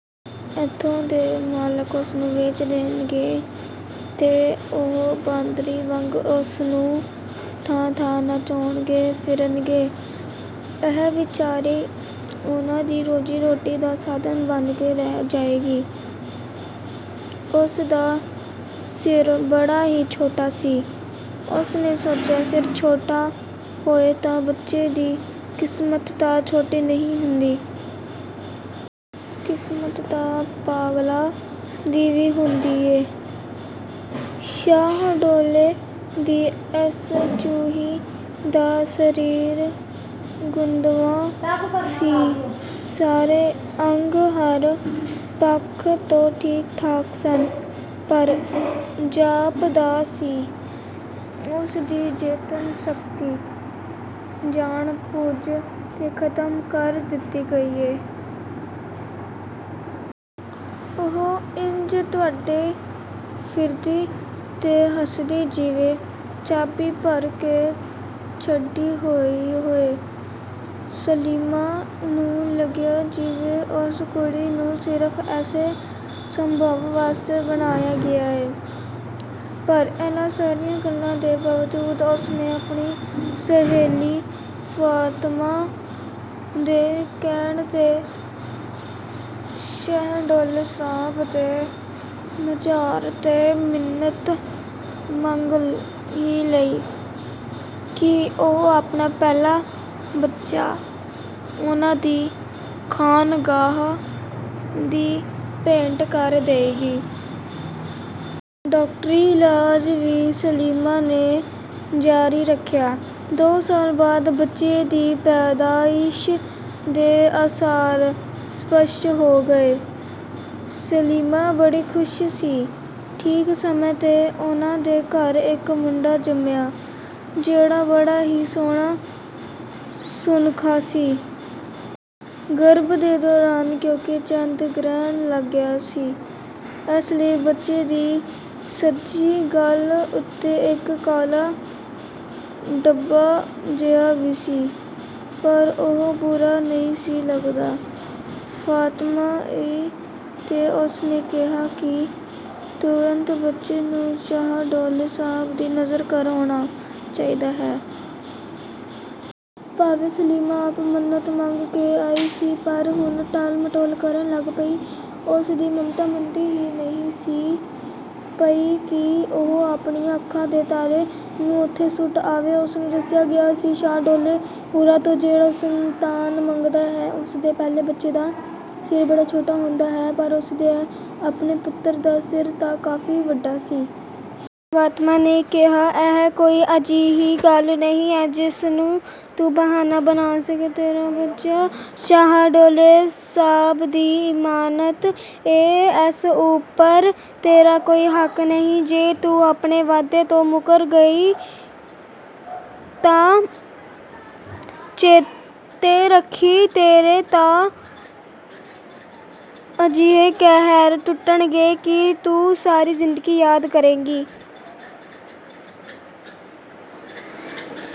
ਇੱਥੋਂ ਦੇ ਮਾਲਕ ਉਸਨੂੰ ਵੇਚ ਦੇਣਗੇ ਤੇ ਉਹ ਬਾਂਦਰੀ ਵਾਂਗ ਓਸਨੂੰ ਥਾਂ-ਥਾਂ ਨਚਾਉਂਨਗੇ ਫਿਰਨਗੇ। ਇਹ ਵਿਚਾਰੀ ਉਹਨਾਂ ਦੀ ਰੋਜੀ-ਰੋਟੀ ਦਾ ਸਾਧਨ ਬਣ ਕੇ ਰਹਿ ਜਾਏਗੀ। ਉਸਦਾ ਸਿਰ ਬੜਾ ਹੀ ਛੋਟਾ ਸੀ। ਉਸਨੇ ਸੋਚਿਆ, ਸਿਰ ਛੋਟਾ ਹੋਏ ਤਾਂ ਬੱਚੇ ਦੀ ਕਿਸਮਤ ਤਾਂ ਛੋਟੀ ਨਹੀਂ ਹੁੰਦੀ। ਕਿਸਮਤ ਤਾਂ ਪਾਗਲਾਂ ਦੀ ਵੀ ਹੁੰਦੀ ਏ। ਸ਼ਾਹਦੌਲੇ ਦੀ ਇਸ ਚੂਹੀ ਦਾ ਸਰੀਰ ਗੁੰਦਵਾਂ ਸੀ। ਸਾਰੇ ਅੰਗ ਹਰ ਪੱਖ ਤੋਂ ਠੀਕ-ਠਾਕ ਸਨ, ਪਰ ਜਾਪਦਾ ਸੀ ਉਸਦੀ ਚੇਤਨ-ਸ਼ਕਤੀ ਜਾਣ ਬੁੱਝ ਕੇ ਖਤਮ ਕਰ ਦਿੱਤੀ ਗਈ ਏ। ਉਹ ਇੰਜ ਤੁਰਦੀ, ਫਿਰਦੀ ਤੇ ਹੱਸਦੀ ਜਿਵੇਂ ਚਾਬੀ ਭਰ ਕੇ ਛੱਡੀ ਹੋਈ ਹੋਏ। ਸਲੀਮਾ ਨੂੰ ਲੱਗਿਆ ਜਿਵੇਂ ਉਸ ਕੁੜੀ ਨੂੰ ਸਿਰਫ ਏਸੇ ਮੰਤਵ ਵਾਸਤੇ ਬਣਾਇਆ ਗਿਆ ਏ। ਪਰ ਇਹਨਾਂ ਸਾਰੀਆਂ ਗੱਲਾਂ ਦੇ ਬਾਵਜੂਦ ਉਸਨੇ ਆਪਣੀ ਸਹੇਲੀ ਫਾਤਮਾ ਦੇ ਕਹਿਣ ਤੇ ਸ਼ਹਦੌਲੇ ਸਾਹਬ ਦੇ ਮਜਾਰ ਤੇ ਮਿੰਨਤ ਮੰਗ ਹੀ ਲਈ ਕਿ ਉਹ ਆਪਣਾ ਪਹਿਲਾ ਬੱਚਾ ਉਹਨਾਂ ਦੀ ਖਾਨਗਾਹ ਦੀ ਭੇਂਟ ਕਰ ਦਏਗੀ। ਡਾਕਟਰੀ ਇਲਾਜ਼ ਵੀ ਸਲੀਮਾ ਨੇ ਜਾਰੀ ਰੱਖਿਆ। ਦੋ ਸਾਲ ਬਾਅਦ ਬੱਚੇ ਦੀ ਪੈਦਾਇਸ਼ ਦੇ ਆਸਾਰ ਸਪਸ਼ਟ ਹੋ ਗਏ। ਸਲੀਮਾ ਬੜੀ ਖੁਸ਼ ਸੀ। ਠੀਕ ਸਮੇਂ ਤੇ ਉਹਨਾਂ ਦੇ ਘਰ ਇਕ ਮੁੰਡਾ ਜੰਮਿਆਂ, ਜਿਹੜਾ ਬੜਾ ਹੀ ਸੋਹਣਾ-ਸੁੱਨਖਾ ਸੀ। ਗਰਭ ਦੇ ਦੌਰਾਨ ਕਿਉਂਕਿ ਚੰਦ ਗ੍ਰਹਿਣ ਲੱਗਿਆ ਸੀ, ਇਸ ਲਈ ਬੱਚੇ ਦੀ ਸੱਜੀ ਗੱਲ੍ਹ ਉੱਤੇ ਇਕ ਕਾਲਾ ਧੱਬਾ ਜਿਹਾ ਵੀ ਸੀ, ਪਰ ਉਹ ਬੁਰਾ ਨਹੀਂ ਸੀ ਲੱਗਦਾ। ਫਾਤਮਾ ਆਈ ਤੇ ਉਸਨੇ ਕਿਹਾ ਕਿ 'ਤੁਰੰਤ ਬੱਚੇ ਨੂੰ ਸ਼ਾਹਦੌਲੇ ਸਾਹਬ ਦੀ ਨਜ਼ਰ ਕਰ ਆਉਣਾ ਚਾਹੀਦਾ ਹੈ।' ਭਾਵੇਂ ਸਲੀਮਾ ਆਪ ਮਿੰਨਤ ਮੰਗ ਕੇ ਆਈ ਸੀ, ਪਰ ਹੁਣ ਟਾਲ-ਮਟੋਲ ਕਰਨ ਲੱਗ ਪਈ। ਉਸਦੀ ਮਮਤਾ ਮੰਨਦੀ ਹੀ ਨਹੀਂ ਸੀ ਪਈ ਕਿ ਉਹ ਆਪਣੀਆਂ ਅੱਖਾਂ ਦੇ ਤਾਰੇ ਨੂੰ ਉੱਥੇ ਸੁੱਟ ਆਵੇ। ਉਸਨੂੰ ਦੱਸਿਆ ਗਿਆ ਸੀ, ਸ਼ਾਹਦੌਲੇ ਹੁਰਾਂ ਤੋਂ ਜਿਹੜਾ ਸੰਤਾਨ ਮੰਗਦਾ ਹੈ, ਉਸਦੇ ਪਹਿਲੇ ਬੱਚੇ ਦਾ ਸਿਰ ਬੜਾ ਛੋਟਾ ਹੁੰਦਾ ਹੈ, ਪਰ ਉਸਦੇ ਆਪਣੇ ਪੁੱਤਰ ਦਾ ਸਿਰ ਤਾਂ ਕਾਫੀ ਵੱਡਾ ਸੀ। ਫਾਤਮਾ ਨੇ ਕਿਹਾ, "ਇਹ ਕੋਈ ਅਜਿਹੀ ਗੱਲ ਨਹੀਂ ਜਿਸਨੂੰ ਤੂੰ ਬਹਾਨਾ ਬਣਾ ਸਕੇਂ। ਤੇਰਾ ਬੱਚਾ ਸ਼ਾਹਦੌਲੇ ਸਾਹਬ ਦੀ ਇਮਾਨਤ ਏ। ਏਸ ਉਪਰ ਤੇਰਾ ਕੋਈ ਹੱਕ ਨਹੀਂ। ਜੇ ਤੂੰ ਆਪਣੇ ਵਾਅਦੇ ਤੋਂ ਮੁੱਕਰ ਗਈ ਤਾਂ ਚੇਤੇ ਰੱਖੀਂ ਤੇਰੇ ਤੇ ਅਜਿਹੇ ਕਹਿਰ ਟੁੱਟਣਗੇ ਕਿ ਤੂੰ ਸਾਰੀ ਜ਼ਿੰਦਗੀ ਯਾਦ ਕਰੇਂਗੀ।"